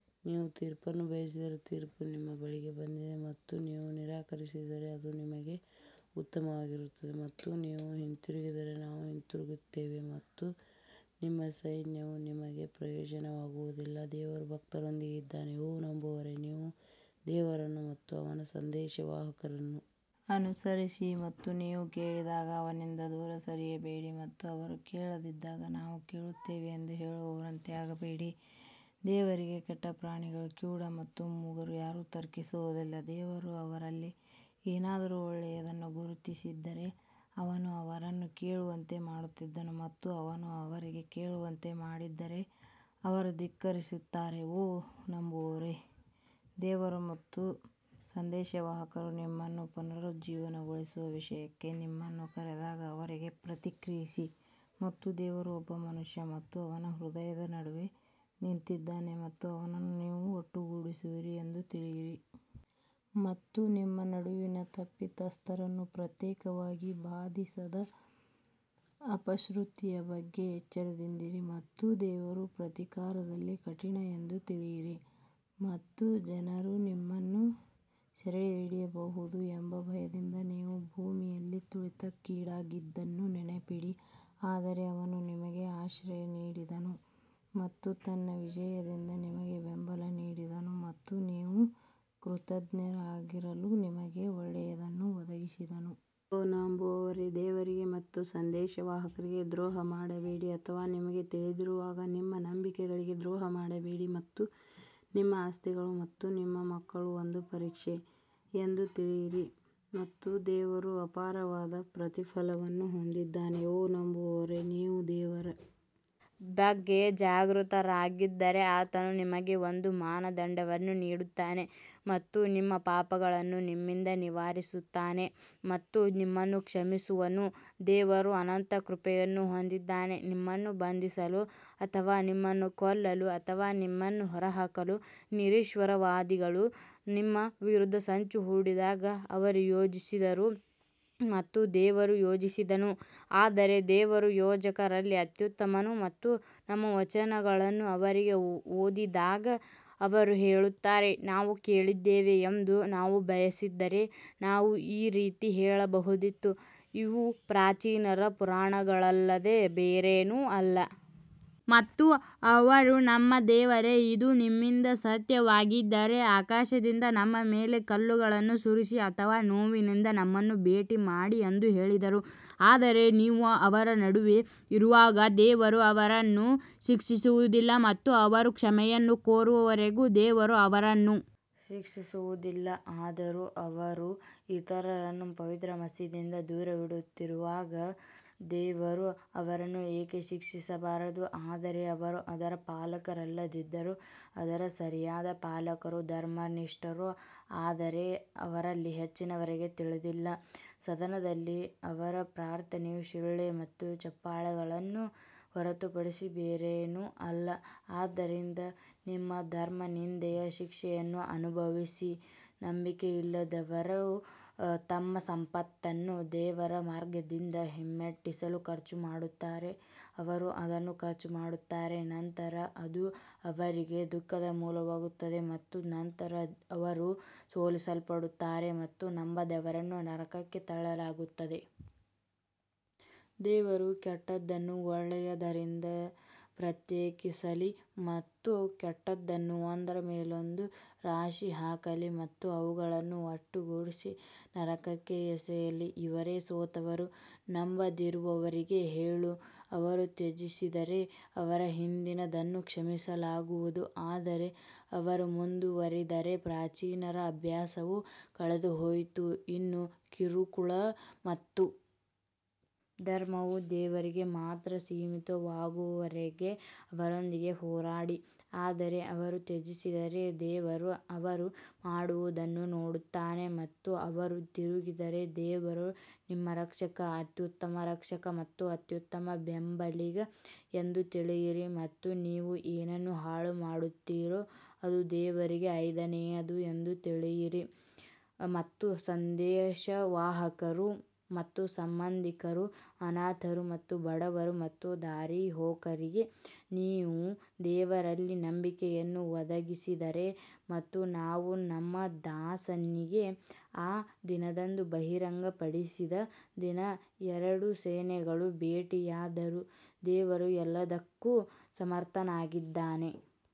ನೀವು ತೀರ್ಪನ್ನು ಬಯಸಿದರೆ ತೀರ್ಪು ನಿಮ್ಮ ಬಳಿಗೆ ಬಂದಿದೆ ಮತ್ತು ನೀವು ನಿರಾಕರಿಸಿದರೆ ಅದು ನಿಮಗೆ ಉತ್ತಮವಾಗಿರುತ್ತದೆ ಮತ್ತು ನೀವು ಹಿಂತಿರುಗಿದರೆ ನಾವು ಹಿಂತಿರುಗುತ್ತೇವೆ ಮತ್ತು ನಿಮ್ಮ ಸೈನ್ಯವು ನಿಮಗೆ ಪ್ರಯೋಜನವಾಗುವುದಿಲ್ಲ ದೇವರು ಭಕ್ತರೊಂದಿಗೆ ಇದ್ದಾನೆ ಓ ನಂಬುವವರೇ ನೀವು ದೇವರನ್ನು ಮತ್ತು ಅವನ ಸಂದೇಶವಾಹಕರನ್ನು ಅನುಸರಿಸಿರಿ ಮತ್ತು ನೀವು ಕೇಳಿದಾಗ ಅವನಿಂದ ದೂರ ಸರಿಯಬೇಡಿ ಮತ್ತು ಅವರು ಕೇಳದಿದ್ದಾಗ ನಾವು ಕೇಳುತ್ತೇವೆ ಎಂದು ಹೇಳುವವರಂತೆ ಆಗಬೇಡಿ ದೇವರಿಗೆ ಕೆಟ್ಟ ಪ್ರಾಣಿಗಳು ಕಿವುಡ ಮತ್ತು ಮೂಗರು ಯಾರು ತರ್ಕಿಸುವುದಿಲ್ಲ ದೇವರು ಅವರಲ್ಲಿ ಏನಾದರೂ ಒಳ್ಳೆಯದನ್ನು ಗುರುತಿಸಿದ್ದರೆ ಅವನು ಅವರನ್ನು ಕೇಳುವಂತೆ ಮಾಡುತ್ತಿದ್ದನು ಮತ್ತು ಅವನು ಅವರಿಗೆ ಕೇಳುವಂತೆ ಮಾಡಿದ್ದರೆ ಅವರು ಧಿಕ್ಕರಿಸುತ್ತಾರೆ ಓ ನಂಬುವವರೇ, ದೇವರು ಮತ್ತು ಸಂದೇಶವಾಹಕರು ನಿಮ್ಮನ್ನು ಪುನರುಜ್ಜೀವನಗೊಳಿಸುವ ವಿಷಯಕ್ಕೆ ನಿಮ್ಮನ್ನು ಕರೆದಾಗ ಅವರಿಗೆ ಪ್ರತಿಕ್ರಿಯಿಸಿ ಮತ್ತು ದೇವರು ಒಬ್ಬ ಮನುಷ್ಯ ಮತ್ತು ಅವನ ಹೃದಯದ ನಡುವೆ ನಿಂತಿದ್ದಾನೆ ಮತ್ತು ಅವನನ್ನು ನೀವು ಒಟ್ಟುಗೂಡಿಸುವಿರಿ ಎಂದು ತಿಳಿಯಿರಿ. ಮತ್ತು ನಿಮ್ಮ ನಡುವಿನ ತಪ್ಪಿತಸ್ಥರನ್ನು ಪ್ರತ್ಯೇಕವಾಗಿ ಬಾಧಿಸದ ಅಪಶ್ರುತಿಯ ಬಗ್ಗೆ ಎಚ್ಚರದಿಂದಿರಿ ಮತ್ತು ದೇವರು ಪ್ರತೀಕಾರದಲ್ಲಿ ಕಠಿಣ ಎಂದು ತಿಳಿಯಿರಿ. ಮತ್ತು ಜನರು ನಿಮ್ಮನ್ನು ಸೆರೆಹಿಡಿಯಬಹುದು ಎಂಬ ಭಯದಿಂದ ನೀವು ಭೂಮಿಯಲ್ಲಿ ತುಳಿತಕ್ಕೊಳಗಾಗಿದ್ದನ್ನು ನೆನಪಿಡಿ ಆದರೆ ಅವನು ನಿಮಗೆ ಆಶ್ರಯ ನೀಡಿದನು ಮತ್ತು ತನ್ನ ವಿಜಯದಿಂದ ನಿಮಗೆ ಬೆಂಬಲ ನೀಡಿದನು ಮತ್ತು ನೀವು ಕೃತಜ್ಞರಾಗಿರಲು ನಿಮಗೆ ಒಳ್ಳೆಯದನ್ನು ಒದಗಿಸಿದನು. ಓ ನಂಬುವವರೇ, ದೇವರಿಗೆ ಮತ್ತು ಸಂದೇಶವಾಹಕರಿಗೆ ದ್ರೋಹ ಮಾಡಬೇಡಿ ಅಥವಾ ನಿಮಗೆ ತಿಳಿದಿರುವಾಗ ನಿಮ್ಮ ನಂಬಿಕೆಗಳಿಗೆ ದ್ರೋಹ ಮಾಡಬೇಡಿ ಮತ್ತು ನಿಮ್ಮ ಆಸ್ತಿಗಳು ಮತ್ತು ನಿಮ್ಮ ಮಕ್ಕಳು ಒಂದು ಪರೀಕ್ಷೆ ಎಂದು ತಿಳಿಯಿರಿ ಮತ್ತು ದೇವರು ಅಪಾರವಾದ ಪ್ರತಿಫಲವನ್ನು ಹೊಂದಿದ್ದಾನೆ ಓ ನಂಬುವವರೇ ನೀವು ದೇವರ ಬಗ್ಗೆ ಜಾಗೃತರಾಗಿದ್ದರೆ ಆತನು ನಿಮಗೆ ಒಂದು ಮಾನದಂಡವನ್ನು ನೀಡುತ್ತಾನೆ ಮತ್ತು ನಿಮ್ಮ ಪಾಪಗಳನ್ನು ನಿಮ್ಮಿಂದ ನಿವಾರಿಸುತ್ತಾನೆ ಮತ್ತು ನಿಮ್ಮನ್ನು ಕ್ಷಮಿಸುವನು ದೇವರು ಅನಂತ ಕೃಪೆಯನ್ನು ಹೊಂದಿದ್ದಾನೆ ನಿಮ್ಮನ್ನು ಬಂಧಿಸಲು ಅಥವಾ ನಿಮ್ಮನ್ನು ಕೊಲ್ಲಲು ಅಥವಾ ನಿಮ್ಮನ್ನು ಹೊರಹಾಕಲು ನಿರೀಶ್ವರವಾದಿಗಳು ನಿಮ್ಮ ವಿರುದ್ಧ ಸಂಚು ಹೂಡಿದಾಗ ಅವರು ಯೋಜಿಸಿದರು ಮತ್ತು ದೇವರು ಯೋಜಿಸಿದನು ಆದರೆ ದೇವರು ಯೋಜಕರಲ್ಲಿ ಅತ್ಯುತ್ತಮನು ಮತ್ತು ನಮ್ಮ ವಚನಗಳನ್ನು ಅವರಿಗೆ ಓದಿದಾಗ ಅವರು ಹೇಳುತ್ತಾರೆ, ನಾವು ಕೇಳಿದ್ದೇವೆ ಎಂದು ನಾವು ಬಯಸಿದ್ದರೆ ನಾವು ಈ ರೀತಿ ಹೇಳಬಹುದಿತ್ತು, ಇವು ಪ್ರಾಚೀನರ ಪುರಾಣಗಳಲ್ಲದೆ ಬೇರೇನೂ ಅಲ್ಲ. ಮತ್ತು ಅವರು ನಮ್ಮ ದೇವರೇ, ಇದು ನಿಮ್ಮಿಂದ ಸತ್ಯವಾಗಿದ್ದರೆ ಆಕಾಶದಿಂದ ನಮ್ಮ ಮೇಲೆ ಕಲ್ಲುಗಳನ್ನು ಸುರಿಸಿ ಅಥವಾ ನೋವಿನಿಂದ ನಮ್ಮನ್ನು ಭೇಟಿ ಮಾಡಿ ಎಂದು ಹೇಳಿದರು. ಆದರೆ ನೀವು ಅವರ ನಡುವೆ ಇರುವಾಗ ದೇವರು ಅವರನ್ನು ಶಿಕ್ಷಿಸುವುದಿಲ್ಲ ಮತ್ತು ಅವರು ಕ್ಷಮೆಯನ್ನು ಕೋರುವವರೆಗೂ ದೇವರು ಅವರನ್ನು ಶಿಕ್ಷಿಸುವುದಿಲ್ಲ ಆದರೂ ಅವರು ಇತರರನ್ನು ಪವಿತ್ರ ಮಸೀದಿಯಿಂದ ದೂರವಿಡುತ್ತಿರುವಾಗ ದೇವರು ಅವರನ್ನು ಏಕೆ ಶಿಕ್ಷಿಸಬಾರದು ಆದರೆ ಅವರು ಅದರ ಪಾಲಕರಲ್ಲದಿದ್ದರೂ ಅದರ ಸರಿಯಾದ ಪಾಲಕರು ಧರ್ಮನಿಷ್ಠರು ಆದರೆ ಅವರಲ್ಲಿ ಹೆಚ್ಚಿನವರಿಗೆ ತಿಳಿದಿಲ್ಲ ಸದನದಲ್ಲಿ ಅವರ ಪ್ರಾರ್ಥನೆಯು ಶಿಳ್ಳೆ ಮತ್ತು ಚಪ್ಪಾಳೆಗಳನ್ನು ಹೊರತುಪಡಿಸಿ ಬೇರೇನೂ ಅಲ್ಲ ಆದ್ದರಿಂದ ನಿಮ್ಮ ಧರ್ಮನಿಂದೆಯ ಶಿಕ್ಷೆಯನ್ನು ಅನುಭವಿಸಿ ನಂಬಿಕೆಯಿಲ್ಲದವರು ತಮ್ಮ ಸಂಪತ್ತನ್ನು ದೇವರ ಮಾರ್ಗದಿಂದ ಹಿಮ್ಮೆಟ್ಟಿಸಲು ಖರ್ಚು ಮಾಡುತ್ತಾರೆ ಅವರು ಅದನ್ನು ಖರ್ಚು ಮಾಡುತ್ತಾರೆ ನಂತರ ಅದು ಅವರಿಗೆ ದುಃಖದ ಮೂಲವಾಗುತ್ತದೆ ಮತ್ತು ನಂತರ ಅವರು ಸೋಲಿಸಲ್ಪಡುತ್ತಾರೆ ಮತ್ತು ನಂಬದವರನ್ನು ನರಕಕ್ಕೆ ತಳ್ಳಲಾಗುತ್ತದೆ. ದೇವರು ಕೆಟ್ಟದ್ದನ್ನು ಒಳ್ಳೆಯದರಿಂದ ಪ್ರತ್ಯೇಕಿಸಲಿ ಮತ್ತು ಕೆಟ್ಟದ್ದನ್ನು ಒಂದರ ಮೇಲೊಂದು ರಾಶಿ ಹಾಕಲಿ ಮತ್ತು ಅವುಗಳನ್ನು ಒಟ್ಟುಗೂಡಿಸಿ ನರಕಕ್ಕೆ ಎಸೆಯಲಿ ಇವರೇ ಸೋತವರು ನಂಬದಿರುವವರಿಗೆ ಹೇಳು ಅವರು ತ್ಯಜಿಸಿದರೆ ಅವರ ಹಿಂದಿನದನ್ನು ಕ್ಷಮಿಸಲಾಗುವುದು ಆದರೆ ಅವರು ಮುಂದುವರಿದರೆ ಪ್ರಾಚೀನರ ಅಭ್ಯಾಸವು ಕಳೆದುಹೋಯಿತು ಇನ್ನು ಕಿರುಕುಳ ಮತ್ತು ಧರ್ಮವು ದೇವರಿಗೆ ಮಾತ್ರ ಸೀಮಿತವಾಗುವವರೆಗೆ ಅವರೊಂದಿಗೆ ಹೋರಾಡಿ ಆದರೆ ಅವರು ತ್ಯಜಿಸಿದರೆ ದೇವರು ಅವರು ಮಾಡುವುದನ್ನು ನೋಡುತ್ತಾನೆ ಮತ್ತು ಅವರು ತಿರುಗಿದರೆ ದೇವರು ನಿಮ್ಮ ರಕ್ಷಕ ಅತ್ಯುತ್ತಮ ರಕ್ಷಕ ಮತ್ತು ಅತ್ಯುತ್ತಮ ಬೆಂಬಲಿಗ ಎಂದು ತಿಳಿಯಿರಿ ಮತ್ತು ನೀವು ಏನನ್ನು ಹಾಳುಮಾಡುತ್ತೀರೋ ಅದು ದೇವರಿಗೆ ಐದನೆಯದು ಎಂದು ತಿಳಿಯಿರಿ ಮತ್ತು ಸಂದೇಶವಾಹಕರು ಮತ್ತು ಸಂಬಂಧಿಕರು, ಅನಾಥರು ಮತ್ತು ಬಡವರು ಮತ್ತು ದಾರಿಹೋಕರಿಗೆ ನೀವು ದೇವರಲ್ಲಿ ನಂಬಿಕೆಯನ್ನು ಒದಗಿಸಿದರೆ ಮತ್ತು ನಾವು ನಮ್ಮ ದಾಸನಿಗೆ ಆ ದಿನದಂದು ಬಹಿರಂಗಪಡಿಸಿದ ದಿನ ಎರಡು ಸೇನೆಗಳು ಭೇಟಿಯಾದರು ದೇವರು ಎಲ್ಲದಕ್ಕೂ ಸಮರ್ಥನಾಗಿದ್ದಾನೆ.